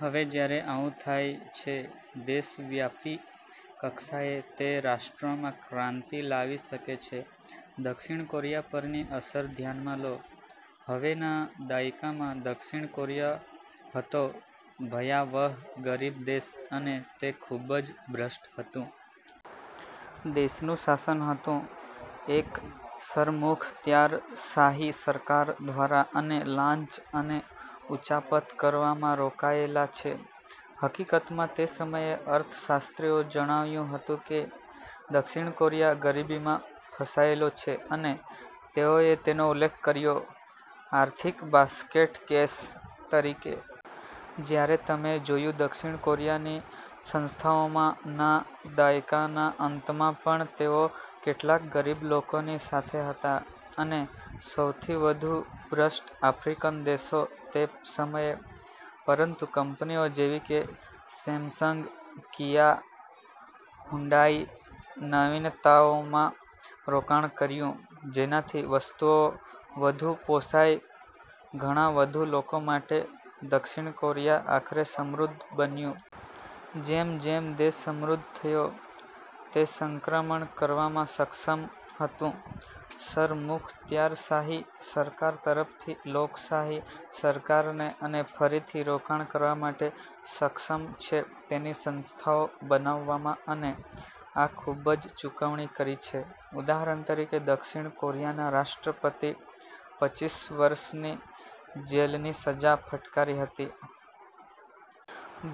હવે જ્યારે આવું થાય છે દેશવ્યાપી કક્ષાએ, તે રાષ્ટ્રોમાં ક્રાંતિ લાવી શકે છે. દક્ષિણ કોરિયા પરની અસર ધ્યાનમાં લો. હવે ના દાયકામાં, દક્ષિણ કોરિયા હતો ભયાવહ ગરીબ દેશ અને તે ખૂબ જ ભ્રષ્ટ હતું. દેશનું શાસન હતું એક સરમુખત્યારશાહી સરકાર દ્વારા અને લાંચ અને ઉચાપત કરવામાં રોકાયેલા છે. હકીકતમાં તે સમયે અર્થશાસ્ત્રીઓ જણાવ્યું હતું કે દક્ષિણ કોરિયા ગરીબીમાં ફસાયેલો છે અને તેઓએ તેનો ઉલ્લેખ કર્યો "આર્થિક બાસ્કેટ કેસ" તરીકે. જ્યારે તમે જોયું દક્ષિણ કોરિયાની સંસ્થાઓમાં ના દાયકાના અંતમાં પણ તેઓ કેટલાક ગરીબ લોકોની સાથે હતા અને સૌથી વધુ ભ્રષ્ટ આફ્રિકન દેશો તે સમયે. પરંતુ કંપનીઓ જેવી કે સેમસંગ, કિયા, હ્યુન્ડાઇ નવીનતાઓમાં રોકાણ કર્યું, જેનાથી વસ્તુઓ વધુ પોસાય ઘણા વધુ લોકો માટે, દક્ષિણ કોરિયા આખરે સમૃદ્ધ બન્યું. જેમ જેમ દેશ સમૃદ્ધ થયો, તે સંક્રમણ કરવામાં સક્ષમ હતું સરમુખત્યારશાહી સરકાર તરફથી લોકશાહી સરકારને અને ફરીથી રોકાણ કરવા માટે સક્ષમ છે તેની સંસ્થાઓ બનાવવામાં અને આ ખૂબ જ ચૂકવણી કરી છે. ઉદાહરણ તરીકે દક્ષિણ કોરિયાના રાષ્ટ્રપતિ પચીસ વર્ષની જેલની સજા ફટકારી હતી.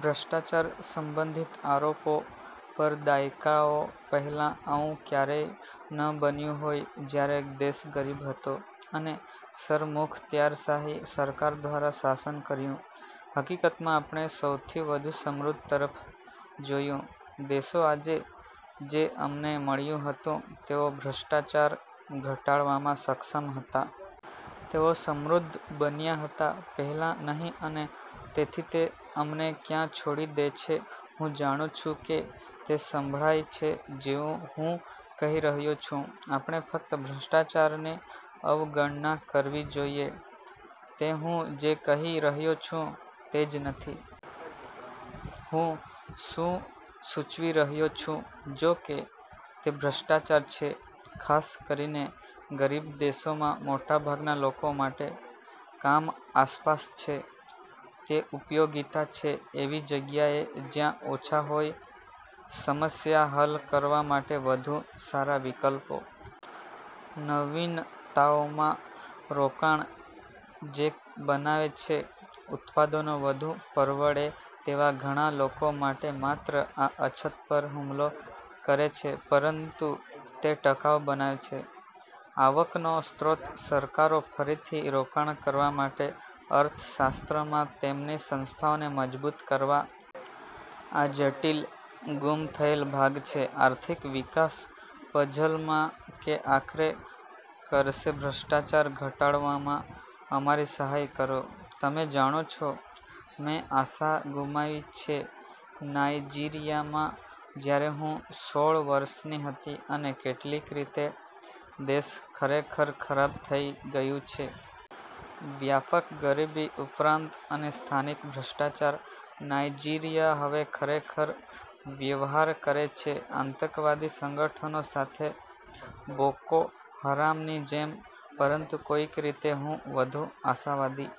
ભ્રષ્ટાચાર સંબંધિત આરોપો પર દાયકાઓ પહેલાં આવું ક્યારેય ન બન્યું હોય જ્યારે દેશ ગરીબ હતો અને સરમુખત્યારશાહી સરકાર દ્વારા શાસન કર્યું. હકીકતમાં, આપણે સૌથી વધુ સમૃદ્ધ તરફ જોયું દેશો આજે, જે અમને મળ્યું હતું, તેઓ ભ્રષ્ટાચાર ઘટાડવામાં સક્ષમ હતા. તેઓ સમૃદ્ધ બન્યા હતા પહેલાં નહીં અને તેથી તે અમને ક્યાં છોડી દે છે હું જાણું છું કે તે સંભળાય છે જેવું હું કહી રહ્યો છું .આપણે ફક્ત ભ્રષ્ટાચારની અવગણના કરવી જોઈએ. તે હું જે કહી રહ્યો છું તે જ નથી. હું શું સૂચવી રહ્યો છું, જોકે, તે ભ્રષ્ટાચાર છે, ખાસ કરીને ગરીબ દેશોમાં મોટાભાગના લોકો માટે, કામ આસપાસ છે. તે ઉપયોગિતા છે એવી જગ્યાએ જ્યાં ઓછા હોય સમસ્યા હલ કરવા માટે વધુ સારા વિકલ્પો. નવીનતાઓમાં રોકાણ જે બનાવે છે ઉત્પાદનો વધુ પરવડે તેવા ઘણા લોકો માટે માત્ર આ અછત પર હુમલો કરે છે પરંતુ તે ટકાઉ બનાવે છે. આવકનો સ્ત્રોત સરકારો ફરીથી રોકાણ કરવા માટે અર્થશાસ્ત્ર માં તેમની સંસ્થાઓને મજબૂત કરવા. આ જટિલ ગુમ થયેલ ભાગ છે આર્થિક વિકાસ પઝલ માં કે આખરે કરશે ભ્રષ્ટાચાર ઘટાડવામાં અમારી સહાય કરો. તમે જાણો છો, મેં આશા ગુમાવી છે નાઇજીરીયામાં જ્યારે હું સોળ વર્ષની હતી. અને કેટલીક રીતે, દેશ ખરેખર ખરાબ થઈ ગયું છે. વ્યાપક ગરીબી ઉપરાંત અને સ્થાનિક ભ્રષ્ટાચાર, નાઇજીરીયા હવે ખરેખર વ્યવહાર કરે છે આતંકવાદી સંગઠનો સાથે બોકો હરામની જેમ. પરંતુ કોઈક રીતે, હું વધુ આશાવાદી